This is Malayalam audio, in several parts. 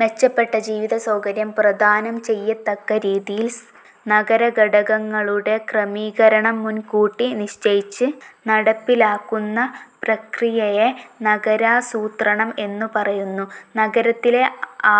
മെച്ചപ്പെട്ട ജീവിതസൗകര്യം പ്രദാനം ചെയ്യത്തക്ക രീതിയിൽ നഗരഘടകങ്ങളുടെ ക്രമീകരണം മുൻകൂട്ടി നിശ്ചയിച്ച് നടപ്പിലാക്കുന്ന പ്രക്രിയയെ നഗരാസൂത്രണം എന്നു പറയുന്നു. നഗരത്തിലെ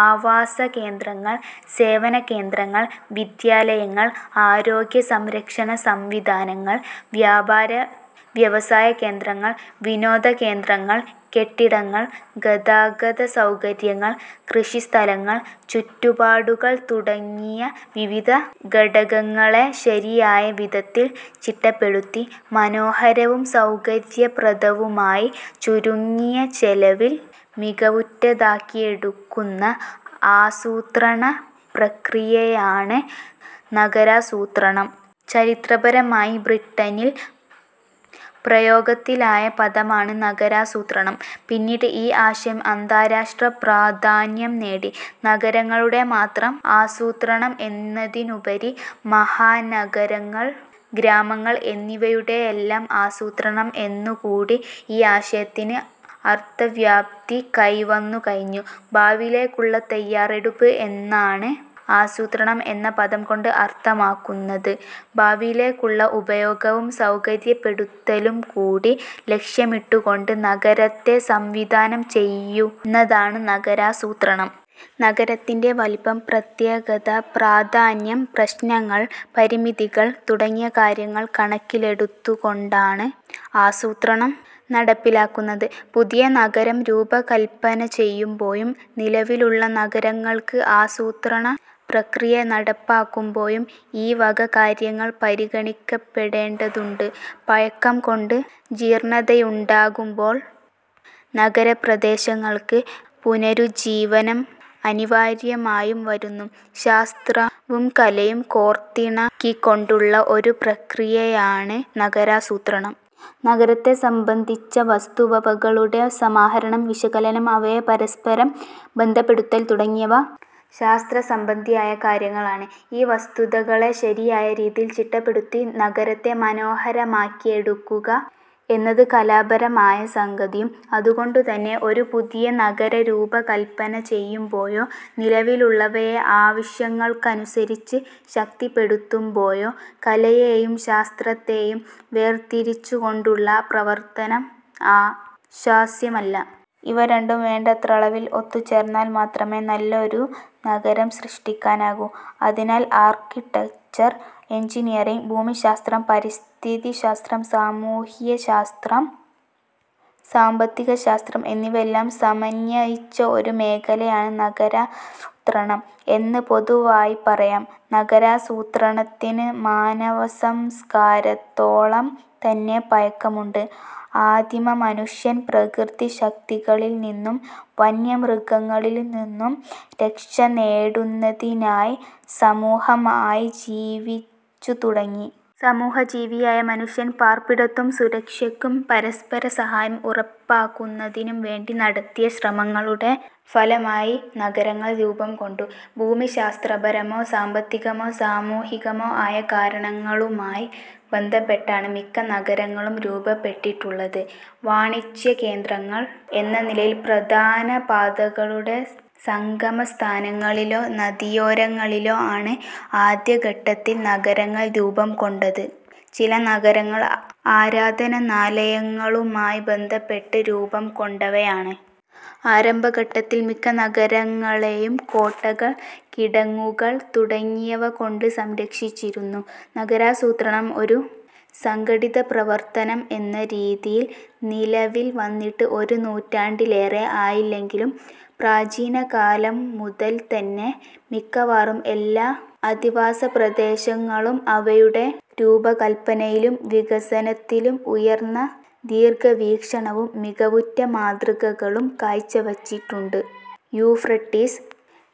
ആവാസകേന്ദ്രങ്ങൾ, സേവനകേന്ദ്രങ്ങൾ, വിദ്യാലയങ്ങൾ, ആരോഗ്യസംരക്ഷണ സംവിധാനങ്ങൾ, വ്യാപാര-വ്യവസായ കേന്ദ്രങ്ങൾ, വിനോദകേന്ദ്രങ്ങൾ, കെട്ടിടങ്ങൾ, ഗതാഗതസൗകര്യങ്ങൾ, കൃഷിസ്ഥലങ്ങൾ, ചുറ്റുപാടുകൾ തുടങ്ങിയ വിവിധ ഘടകങ്ങളെ ശരിയായ വിധത്തിൽ ചിട്ടപ്പെടുത്തി, മനോഹരവും സൗകര്യപ്രദവുമായി, ചുരുങ്ങിയ ചെലവിൽ മികവുറ്റതാക്കിയെടുക്കുന്ന ആസൂത്രണ പ്രക്രിയയാണ് നഗരാസൂത്രണം. ചരിത്രപരമായി ബ്രിട്ടനിൽ പ്രയോഗത്തിലായ പദമാണ് നഗരാസൂത്രണം. പിന്നീട് ഈ ആശയം അന്താരാഷ്ട്ര പ്രാധാന്യം നേടി. നഗരങ്ങളുടെ മാത്രം ആസൂത്രണം എന്നതിനുപരി മഹാനഗരങ്ങൾ, ഗ്രാമങ്ങൾ എന്നിവയുടെയെല്ലാം ആസൂത്രണം എന്നുകൂടി ഈ ആശയത്തിന് അർഥവ്യാപ്തി കൈവന്നുകഴിഞ്ഞു. ഭാവിയിലേക്കുള്ള തയ്യാറെടുപ്പ് എന്നാണ് ആസൂത്രണം എന്ന പദംകൊണ്ട് അർഥമാക്കുന്നത്. ഭാവിയിലേക്കുള്ള ഉപയോഗവും സൗകര്യപ്പെടുത്തലുംകൂടി ലക്ഷ്യമിട്ടുകൊണ്ട് നഗരത്തെ സംവിധാനം ചെയ്യുന്നതാണ് നഗരാസൂത്രണം. നഗരത്തിന്റെ വലിപ്പം, പ്രത്യേകത, പ്രാധാന്യം, പ്രശ്നങ്ങൾ, പരിമിതികൾ തുടങ്ങിയ കാര്യങ്ങൾ കണക്കിലെടുത്തുകൊണ്ടാണ് ആസൂത്രണം നടപ്പിലാക്കുന്നത്. പുതിയ നഗരം രൂപകല്പന ചെയ്യുമ്പോഴും നിലവിലുള്ള നഗരങ്ങൾക്ക് ആസൂത്രണപ്രക്രിയ നടപ്പാക്കുമ്പോഴും ഈവക കാര്യങ്ങൾ പരിഗണിക്കപ്പെടേണ്ടതുണ്ട്. പഴക്കംകൊണ്ട് ജീർണതയുണ്ടാകുമ്പോൾ നഗരപ്രദേശങ്ങൾക്ക് പുനരുജ്ജീവനം അനിവാര്യമായും വരുന്നു. ശാസ്ത്രവും കലയും കോർത്തിണക്കിക്കൊണ്ടുള്ള ഒരു പ്രക്രിയയാണ് നഗരാസൂത്രണം. നഗരത്തെ സംബന്ധിച്ച വസ്തുവകകളുടെ സമാഹരണം, വിശകലനം, അവയെ പരസ്പരം ബന്ധപ്പെടുത്തൽ തുടങ്ങിയവ ശാസ്ത്രസംബന്ധിയായ കാര്യങ്ങളാണ്. ഈ വസ്തുതകളെ ശരിയായ രീതിയിൽ ചിട്ടപ്പെടുത്തി നഗരത്തെ മനോഹരമാക്കിയെടുക്കുക എന്നത് കലാപരമായ സംഗതിയും. അതുകൊണ്ടുതന്നെ ഒരു പുതിയ നഗരം രൂപകല്പന ചെയ്യുമ്പോഴോ നിലവിലുള്ളവയെ ആവശ്യങ്ങൾക്കനുസരിച്ച് ശക്തിപ്പെടുത്തുമ്പോഴോ കലയെയും ശാസ്ത്രത്തെയും വേർതിരിച്ചുകൊണ്ടുള്ള പ്രവർത്തനം ആശാസ്യമല്ല. ഇവ രണ്ടും വേണ്ടത്ര അളവിൽ ഒത്തുചേർന്നാൽ മാത്രമേ നല്ലൊരു നഗരം സൃഷ്ടിക്കാനാകൂ. അതിനാൽ ആർക്കിടെക്ചർ, എൻജിനീയറിങ്, ഭൂമിശാസ്ത്രം, പരിസ്ഥിതിശാസ്ത്രം, സാമൂഹ്യശാസ്ത്രം, സാമ്പത്തികശാസ്ത്രം എന്നിവയെല്ലാം സമന്വയിച്ച ഒരു മേഖലയാണ് നഗരാസൂത്രണം എന്ന് പൊതുവായി പറയാം. നഗരാസൂത്രണത്തിന് മാനവസംസ്കാരത്തോളംതന്നെ പഴക്കമുണ്ട്. ആദിമമനുഷ്യൻ പ്രകൃതിശക്തികളിൽനിന്നും വന്യമൃഗങ്ങളിൽനിന്നും രക്ഷനേടുന്നതിനായി സമൂഹമായി ജീവിച്ചുതുടങ്ങി. സമൂഹജീവിയായ മനുഷ്യൻ പാർപ്പിടത്തും സുരക്ഷയ്ക്കും പരസ്പരസഹായം ഉറപ്പാക്കുന്നതിനും വേണ്ടി നടത്തിയ ശ്രമങ്ങളുടെ ഫലമായി നഗരങ്ങൾ രൂപംകൊണ്ടു. ഭൂമിശാസ്ത്രപരമോ സാമ്പത്തികമോ സാമൂഹികമോ ആയ കാരണങ്ങളുമായി ബന്ധപ്പെട്ടാണ് മിക്ക നഗരങ്ങളും രൂപപ്പെട്ടിട്ടുള്ളത്. വാണിജ്യകേന്ദ്രങ്ങൾ എന്ന നിലയിൽ പ്രധാന പാതകളുടെ സംഗമസ്ഥാനങ്ങളിലോ നദിയോരങ്ങളിലോ ആണ് ആദ്യഘട്ടത്തിൽ നഗരങ്ങൾ രൂപംകൊണ്ടത്. ചില നഗരങ്ങൾ ആരാധനാനാലയങ്ങളുമായി ബന്ധപ്പെട്ട് രൂപംകൊണ്ടവയാണ്. ആരംഭഘട്ടത്തിൽ മിക്ക നഗരങ്ങളെയും കോട്ടകൾ, കിടങ്ങുകൾ തുടങ്ങിയവകൊണ്ട് സംരക്ഷിച്ചിരുന്നു. നഗരാസൂത്രണം ഒരു സംഘടിത പ്രവർത്തനം എന്ന രീതിയിൽ നിലവിൽവന്നിട്ട് ഒരു നൂറ്റാണ്ടിലേറെ ആയില്ലെങ്കിലും പ്രാചീനകാലം മുതൽതന്നെ മിക്കവാറും എല്ലാ അധിവാസപ്രദേശങ്ങളും അവയുടെ രൂപകല്പനയിലും വികസനത്തിലും ഉയർന്ന ദീർഘവീക്ഷണവും മികവുറ്റ മാതൃകകളും കാഴ്ചവച്ചിട്ടുണ്ട്. യൂഫ്രട്ടീസ്,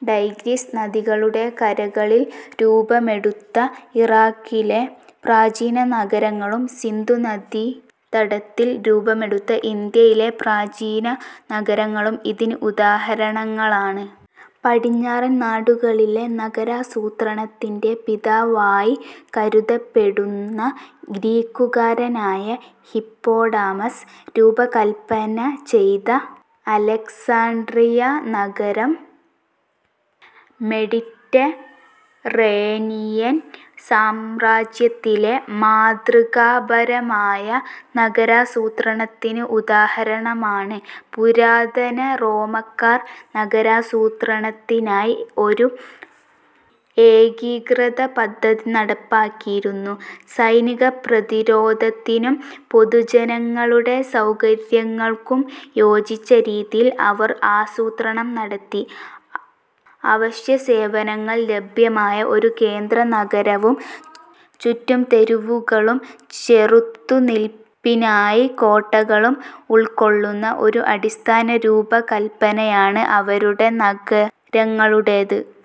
ടൈഗ്രിസ് നദികളുടെ കരകളിൽ രൂപമെടുത്ത ഇറാഖിലെ പ്രാചീന നഗരങ്ങളും സിന്ധുനദീതടത്തിൽ രൂപമെടുത്ത ഇന്ത്യയിലെ പ്രാചീന നഗരങ്ങളും ഇതിന് ഉദാഹരണങ്ങളാണ്. പടിഞ്ഞാറൻ നാടുകളിലെ നഗരാസൂത്രണത്തിന്റെ പിതാവായി കരുതപ്പെടുന്ന ഗ്രീക്കുകാരനായ ഹിപ്പോഡാമസ് രൂപകല്പനചെയ്ത അലക്സാൻഡ്രിയ നഗരം മെഡിറ്ററേനിയൻ സാമ്രാജ്യത്തിലെ മാതൃകാപരമായ നഗരാസൂത്രണത്തിന് ഉദാഹരണമാണ്. പുരാതന റോമാക്കാർ നഗരാസൂത്രണത്തിനായി ഒരു ഏകീകൃത പദ്ധതി നടപ്പാക്കിയിരുന്നു. സൈനികപ്രതിരോധത്തിനും പൊതുജനങ്ങളുടെ സൗകര്യങ്ങൾക്കും യോജിച്ച രീതിയിൽ അവർ ആസൂത്രണം നടത്തി. അവശ്യസേവനങ്ങൾ ലഭ്യമായ ഒരു കേന്ദ്രനഗരവും ചുറ്റും തെരുവുകളും ചെറുത്തുനില്പിനായി കോട്ടകളും ഉൾക്കൊള്ളുന്ന ഒരു അടിസ്ഥാന രൂപകല്പനയാണ് അവരുടെ നഗരങ്ങളുടേത്.